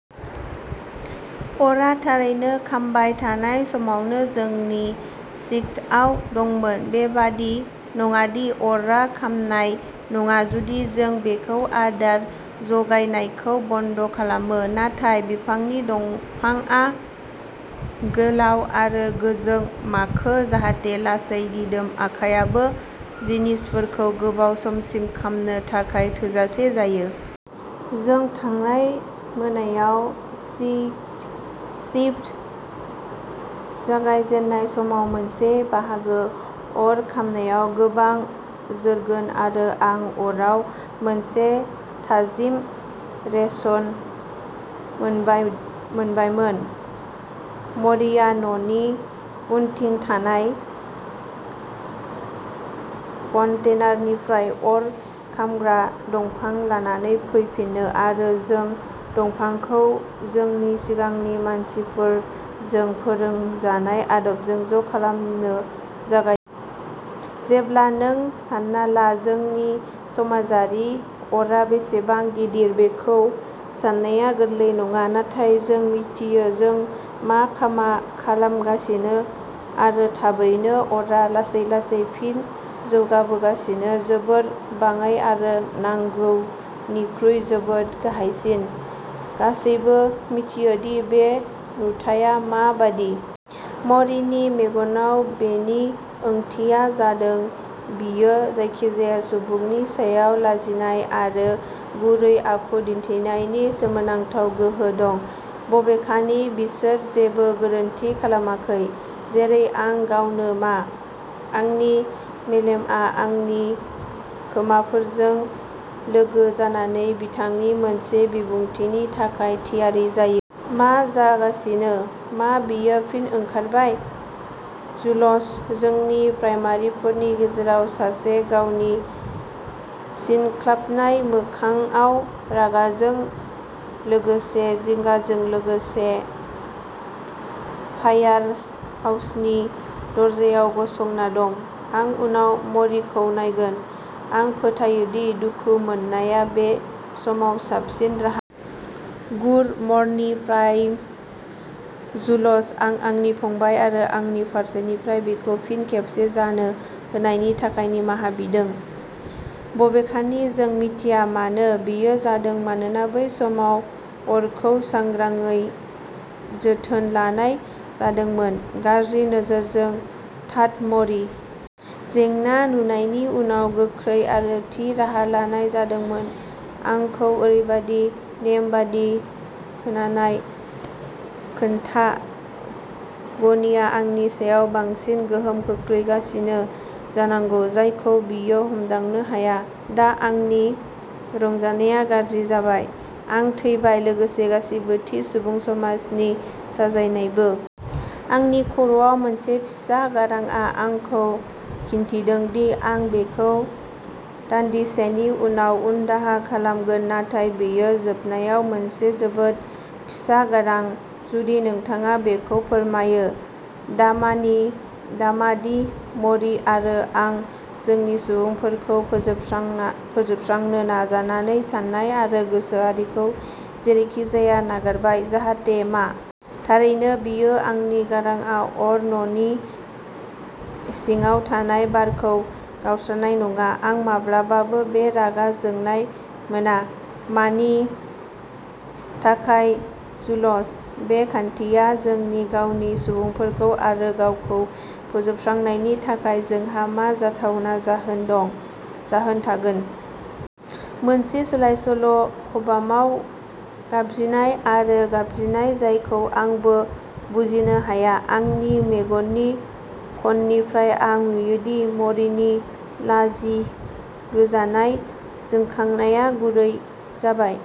अरआ थारैनो खामबाय थानाय समावनो जोंनि शिफ्टआव दंमोन। बेबादि नङादि अरआ खामनाय नङा जुदि जों बेखौ आदार जगायनायखौ बन्द' खालामो। नाथाय बिफांनि दंफांआ गोलाव आरो गोजों खामो जाहाथे लासै दिदोम आखायआबो जिनिसफोरखौ गोबाव समसिम खामनो थाखाय थोजासे जायो। जों थांनाय मोनायाव शिट शिफ्ट जागाय जेननाय समाव मोनसे बाहागो अर खामनाया गोबां जोरगोन आरो आं अराव मोनसे थाजिम रेशन मोनबाय मोनबायमोन। म'रिआ न'नि उनथिं थानाय कन्टेनारनिफ्राय अर खामग्रा दंफां लानानै फैफिनो आरो जों दंफांखौ जोंनि सिगांनि मानसिफोरजों फोरोंजानाय आदबजों ज' खालामनो जागायो। जेब्ला नों सान्ना ला जोंनि समाजारि अरआ बेसेबां गिदिर बेखौ साननाया गोरलै नङा। नाथाय जों मिथियो जों मा खामा खालामगासिनो आरो थाबैनो अरआ लासै-लासै फिन जौगाबोगासिनो जोबोद बाङाइ आरो नांगौनिख्रुइ जोबोद गाहायसिन। गासैबो मिथियोदि बे नुथाया मा बायदि। म'रीनि मेगनाव बेनि ओंथिया जादों। बियो जायखिजाया सुबुंनि सायाव लाजिनाय आरो गुरै आखु दिन्थिनायनि सोमोनांथाव गोहो दं बबेखानि बिसोर जेबो गोरोन्थि खालामाखै। जेरै आं गावनो। मा? आंनि मेलेमआ आंनि खोमाफोरजों लोगो जानानै बिथांनि मोनसे बिबुंथिनि थाखाय थियारि जायो। मा जागासिनो? मा बेयो फिन ओंखारबाय? जुल'स जोंनि प्राइमारिफोरनि गेजेराव सासे गावनि सिनख्लाबनाय मोखांआव रागाजों लोगोसे जिंगाजों लोगोसे फायारहाउसनि दरजायाव गसंना दं। आं उनाव म'रीखौ नायगोन। आं फोथायोदि दुखु मोननाया बे समाव साबसिन राहा। गुड मर्निं प्राइम जुल'स। आं आंनि फंबाय आरो आंनि फारसेनिफ्राय बेखौ फिन खेबसे जानो होनायनि थाखाय निमाहा बिदों। बबेखानि जों मिथिया मानो बेयो जादोंमोन मानोना बै समाव अरखौ सांग्राङै जोथोन लानाय जादोंमोन। गाज्रि नोजोरजों थाथ म'री। जेंना नुजानायनि उनाव गोख्रै आरो थि राहा लानाय जादोंमोन। आंखौ ओरैबादि नेमबादि खोनानाय खोनथा। गनिया आंनि सायाव बांसिन गोहोम खोख्लैगासिनो जानांगौ जायखौ बियो हमदांनो हाया। दा आंनि रंजानायआ गाज्रि जाबाय आरो थैबाय लोगोसे गासैबो थि सुबुं समाजनि साजायनायबो। आंनि खर'आव मोनसे फिसा गारांआ आंखौ खिन्थिदोंदि आं बेखौ दानदिसेनि थाखाय उनदाहा खालामगोन नाथाय बेयो जोबनायाव मोनसे जोबोद फिसा गारां। गुदि नोंथाङा बेखौ फोरमायो नामादि मरि आरो आं जोंनि सुबुंफोरखौ फोजोबस्रांनो नाजानानै साननाय आरो गोसोआरिखौ जेरैखिजाया नागारबाय, जाहाथे मा? थारैनो बेयो आंनि गारांआ अर न'नि सिङाव थानाय बारखौ गावस्रानाय नङा। आं माब्लाबाबो बे रागा जोंनाय मोना। मानि थाखाय जुल'स? बे खान्थियाव जोंनि गावनि सुबुंफोरखौ आरो गावखौ फोजोबस्रांनायनि थाखाय जोंहा मा जाथावना जाहोन दं जाहोन थागोन? मोनसे सोलायसोल' खबामाव गाबज्रिनाय आरो गाबज्रिनाय जायखौ आंबो बुजिनो हाया। आंनि मेगननि ख'ननिफ्राय आं नुयोदि मरिनि लाजिगोजानाय जोंखांनाया गुरै जाबाय।